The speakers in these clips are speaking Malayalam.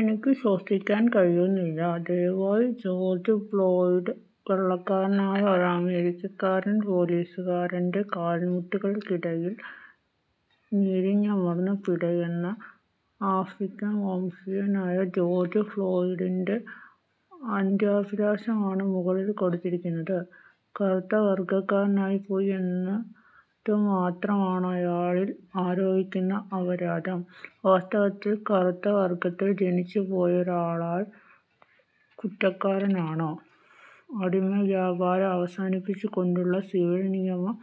എനിക്ക് ശ്വസിക്കാൻ കഴിയുന്നില്ല. ദയവായി. George Floyd. വെള്ളക്കാരനായ ഒരമേരിക്കൻ പോലീസുകാരൻ്റെ കാൽമുട്ടുകൾക്കിടയിൽ ഞെരിഞ്ഞമർന്ന് പിടയുന്ന ആഫ്രിക്കൻ വംശജനായ ജോർജ് ഫ്ലോയ്ഡിൻ്റെ അന്ത്യാഭിലാഷമാണ് മുകളിൽ കൊടുത്തിരിക്കുന്നത്. കറുത്ത വർഗക്കാരനായിപ്പോയി എന്നതുമാത്രമാണയാളിൽ ആരോപിക്കുന്ന അപരാധം. വാസ്തവത്തിൽ, കറുത്ത വർഗത്തിൽ ജനിച്ചുപോയതിലൊരാൾ കുറ്റക്കാരനാണോ? അടിമവ്യാപാരം അവസാനിപ്പിച്ചുകൊണ്ടുള്ള സിവിൽ നിയമം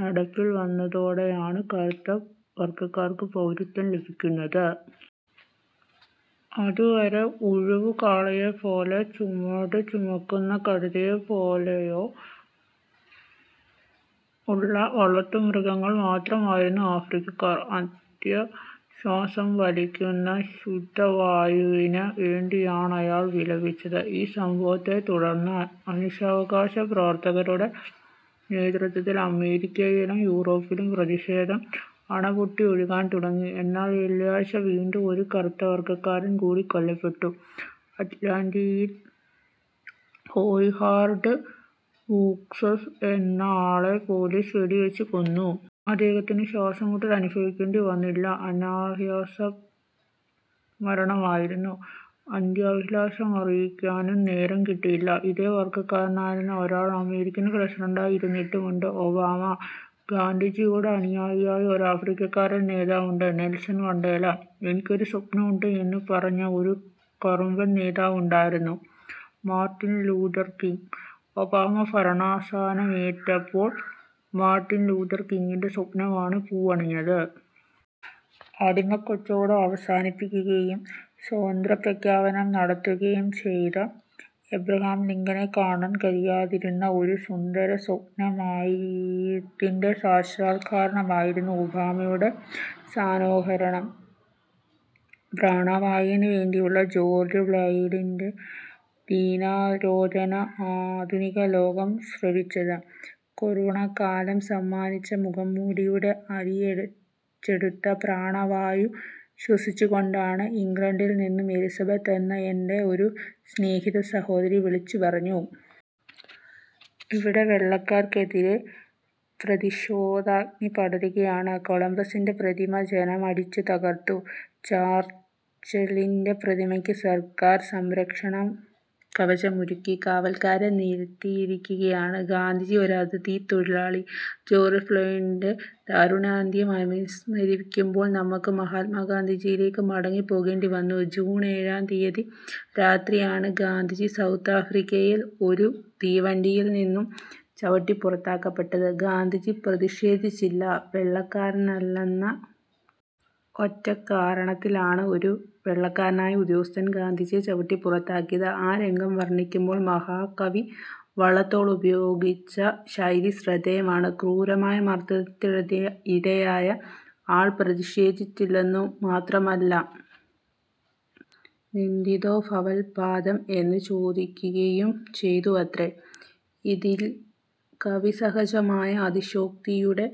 നടപ്പിൽ വന്നതോടെയാണ് കറുത്ത വർഗക്കാർക്ക് പൗരത്വം ലഭിക്കുന്നത്. അതുവരെ ഉഴവുകാളയെപ്പോലെയോ ചുമടുചുമക്കുന്ന കഴുതയെപ്പോലെയോ ഉള്ള വളർത്തുമൃഗങ്ങൾ മാത്രമായിരുന്നു ആഫ്രിക്കക്കാർ. അന്ത്യശ്വാസം വലിക്കുന്നതിനുള്ള ശുദ്ധവായുവിന് വേണ്ടിയാണയാൾ വിലപിച്ചത്.ഈ സംഭവത്തെ തുടർന്ന് മനുഷ്യാവകാശ പ്രവർത്തകരുടെ നേതൃത്വത്തിൽ അമേരിക്കയിലും യൂറോപ്പിലും പ്രതിഷേധം അണപൊട്ടിയൊഴുകാൻ തുടങ്ങി. എന്നാൽ വെള്ളിയാഴ്ച വീണ്ടും ഒരു കറുത്ത വർഗക്കാരൻ കൂടി കൊല്ലപ്പെട്ടു. അറ്റ്ലാന്റയിൽ റേയ്ഹാർഡ് ബ്രൂക്ക്സ് എന്നയാളെ പോലീസ് വെടിവെച്ചുകൊന്നു. അദ്ദേഹത്തിന് ശ്വാസംമുട്ടലനുഭവിക്കേണ്ടിവന്നില്ല. അനായാസ മരണമായിരുന്നു. അന്ത്യാഭിലാഷമറിയിക്കാനും നേരം കിട്ടിയില്ല. ഇതേ വർഗക്കാരനായ ഒരാൾ അമേരിക്കൻ പ്രസിഡന്റായി ഇരുന്നിട്ടുമുണ്ട്, ഒബാമ. ഗാന്ധിജിയുടെ അനുയായിയായ ഒരാഫ്രിക്കൻ നേതാവുണ്ട്, നെൽസൺ മണ്ടേല. എനിക്കൊരു സ്വപ്നമുണ്ട് എന്നു പറഞ്ഞ ഒരു കറുമ്പൻ നേതാവുണ്ടായിരുന്നു, മാർട്ടിൻ ലൂഥർ കിംഗ്. ഒബാമ ഭരണസാരഥ്യമേറ്റെടുത്തപ്പോൾ മാർട്ടിൻ ലൂഥർ കിംഗിൻ്റെ സ്വപ്നമാണ് പൂവണിഞ്ഞത്. അടിമക്കച്ചവടം അവസാനിപ്പിക്കുകയും സ്വാതന്ത്ര്യപ്രഖ്യാപനം നടത്തുകയും ചെയ്ത എബ്രഹാം ലിങ്കണിന് കാണാൻ കഴിയാതിരുന്ന ഒരു സുന്ദര സ്വപ്നത്തിൻ്റെ സാക്ഷാത്കാരമായിരുന്നു ഒബാമയുടെ സ്ഥാനാരോഹണം. പ്രാണവായുവിന് വേണ്ടിയുള്ള ജോർജ് ഫ്ലോയ്ഡിൻ്റെ ദീനരോദനം ആധുനികലോകം ശ്രവിച്ചത് കൊറോണക്കാലം സമ്മാനിച്ച മുഖംമൂടിയിലൂടെ അരിച്ചെടുത്ത പ്രാണവായു ശ്വസിച്ചുകൊണ്ടാണ്. ഇംഗ്ലണ്ടിൽ നിന്നും എലിസബത്ത് എന്ന എൻ്റെ ഒരു സ്നേഹിത, സഹോദരി വിളിച്ചുപറഞ്ഞു. ഇവിടെ വെള്ളക്കാർക്കെതിരെ പ്രതിഷേധാഗ്നി പടരുകയാണ്. കൊളംബസിൻ്റെ പ്രതിമ ജനമടിച്ചുതകർത്തു. ചർച്ചിലിൻ്റെ പ്രതിമക്ക് സർക്കാർ സംരക്ഷണകവചമൊരുക്കി കാവൽക്കാരെ നിർത്തിയിരിക്കുകയാണ്. ഗാന്ധിജി ഒരതിഥിത്തൊഴിലാളി? ജോർജ് ഫ്ലോയ്ഡിൻ്റെ ദാരുണാന്ത്യം അനുസ്മരിക്കുമ്പോൾ നമുക്ക് മഹാത്മജിയിലേക്ക് മടങ്ങിപ്പോകേണ്ടിവരുന്നു. ജൂൺ ഏഴാം തീയതി രാത്രിയിലാണ് ഗാന്ധിജി സൗത്ത് ആഫ്രിക്കയിൽ ഒരു തീവണ്ടിയിൽ നിന്ന് ചവിട്ടിപ്പുറത്താക്കപ്പെടുന്നത്. ഗാന്ധിജി പ്രതിഷേധിച്ചില്ല. വെള്ളക്കാരനല്ലെന്ന ഒറ്റക്കാരണത്താലാണ് ഒരു വെള്ളക്കാരനുദ്യോഗസ്ഥൻ ഗാന്ധിജിയെ ചവിട്ടിപ്പുറത്താക്കിയത്.ആ രംഗം വർണിക്കുമ്പോൾ മഹാകവി വള്ളത്തോളുപയോഗിച്ച ശൈലി ശ്രദ്ധേയമാണ്. ക്രൂരമായ മർദനത്തിനിരയായ ആൾ പ്രതിഷേധിച്ചില്ലെന്നുമാത്രമല്ല, നൊന്തിതോ ഭവൽപ്പാദം എന്ന് ചോദിക്കുകയും ചെയ്തുവത്രെ. ഇതിൽ കവിസഹജമായ അതിശയോക്തിയുടെ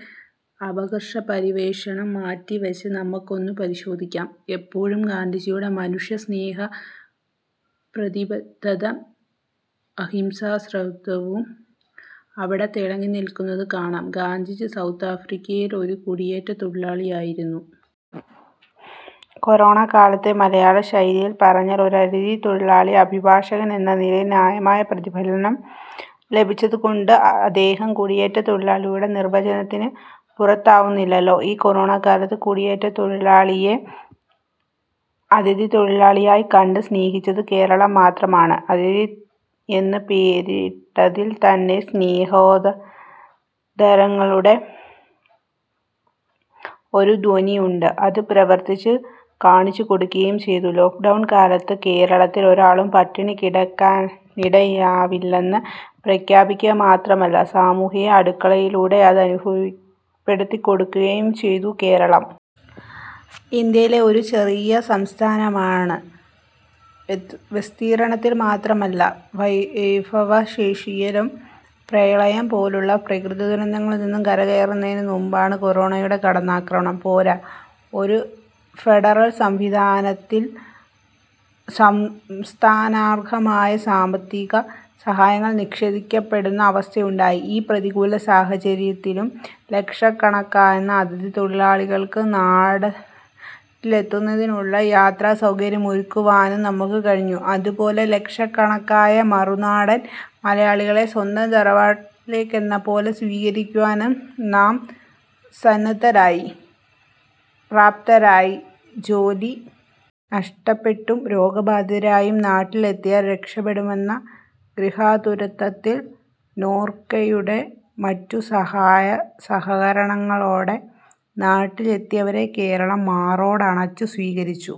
ആകർഷകപരിവേഷം മാറ്റിവെച്ച് നമുക്കൊന്ന് പരിശോധിക്കാം. അപ്പോഴും ഗാന്ധിജിയുടെ മനുഷ്യസ്നേഹപ്രതിബദ്ധതയും അഹിംസാവ്രതവും അവിടെത്തിളങ്ങിനിൽക്കുന്നത് കാണാം. ഗാന്ധിജി സൗത്ത് ആഫ്രിക്കയിൽ ഒരു കുടിയേറ്റത്തൊഴിലാളിയായിരുന്നു. കൊറോണക്കാലത്തെ മലയാളശൈലിയിൽ പറഞ്ഞാൽ ഒരതിഥിത്തൊഴിലാളി. അഭിഭാഷകനെന്ന നിലയ്ക്ക് ന്യായമായ പ്രതിഫലം ലഭിച്ചിരുന്നതുകൊണ്ട് അദ്ദേഹം കുടിയേറ്റത്തൊഴിലാളിയുടെ നിർവചനത്തിന് പുറത്താവുന്നില്ലല്ലോ.ഈ കൊറോണക്കാലത്ത് കുടിയേറ്റത്തൊഴിലാളിയെ അതിഥിത്തൊഴിലാളിയായി കണ്ട് സ്നേഹിച്ചത് കേരളം മാത്രമാണ്. അതിഥിയെന്ന് പേരിട്ടതിൽത്തന്നെ സ്നേഹാദരങ്ങളുടെ ഒരു ധ്വനിയുണ്ട്. അത് പ്രവർത്തിച്ച് കാണിച്ചുകൊടുക്കുകയും ചെയ്തു. ലോക്ക്ഡൗൺ കാലത്ത് കേരളത്തിൽ ഒരാളും പട്ടിണി കിടക്കാനിടയാവില്ലെന്ന് പ്രഖ്യാപിക്കുക മാത്രമല്ല, സാമൂഹ്യഅടുക്കളയിലൂടെ അത് അനുഭവപ്പെടുത്തിക്കൊടുക്കുകയും ചെയ്തു. കേരളം ഇന്ത്യയിലെ ഒരു ചെറിയ സംസ്ഥാനമാണ്. വിസ്തൃതിയിൽ മാത്രമല്ല, വിഭവശേഷിയിലും. പ്രളയം പോലുള്ള പ്രകൃതിദുരന്തങ്ങളിൽ നിന്ന് കരകയറുന്നതിന് മുമ്പാണ് കൊറോണയുടെ കടന്നാക്രമണം. പോരാ, ഒരു ഫെഡറൽ സംവിധാനത്തിൽ സംസ്ഥാനത്തിനർഹമായ സാമ്പത്തിക സഹായങ്ങൾ നിഷേധിക്കപ്പെടുന്ന അവസ്ഥയുണ്ടായി.ഈ പ്രതികൂല സാഹചര്യത്തിലും ലക്ഷക്കണക്കായ അതിഥിത്തൊഴിലാളികൾക്ക് നാട്ടിലെത്തുന്നതിനുള്ള യാത്രാസൗകര്യമൊരുക്കുവാനും നമുക്ക് കഴിഞ്ഞു. അതുപോലെ ലക്ഷക്കണക്കായ മറുനാടൻ മലയാളികളെ സ്വന്തം തറവാട്ടിലേക്കെന്നപോലെ സ്വീകരിക്കുവാനും നാം സന്നദ്ധരായി, പ്രാപ്തരായി. ജോലി നഷ്ടപ്പെട്ടും രോഗബാധിതരായും നാട്ടിലെത്തിയാൽ രക്ഷപ്പെടുമെന്ന ഗൃഹാതുരത്വത്തിൽ നോർക്കയുടെയും മറ്റും സഹായസഹകരണങ്ങളോടെ നാട്ടിലെത്തിയവരെ കേരളം മാറോടണച്ചുസ്വീകരിച്ചു.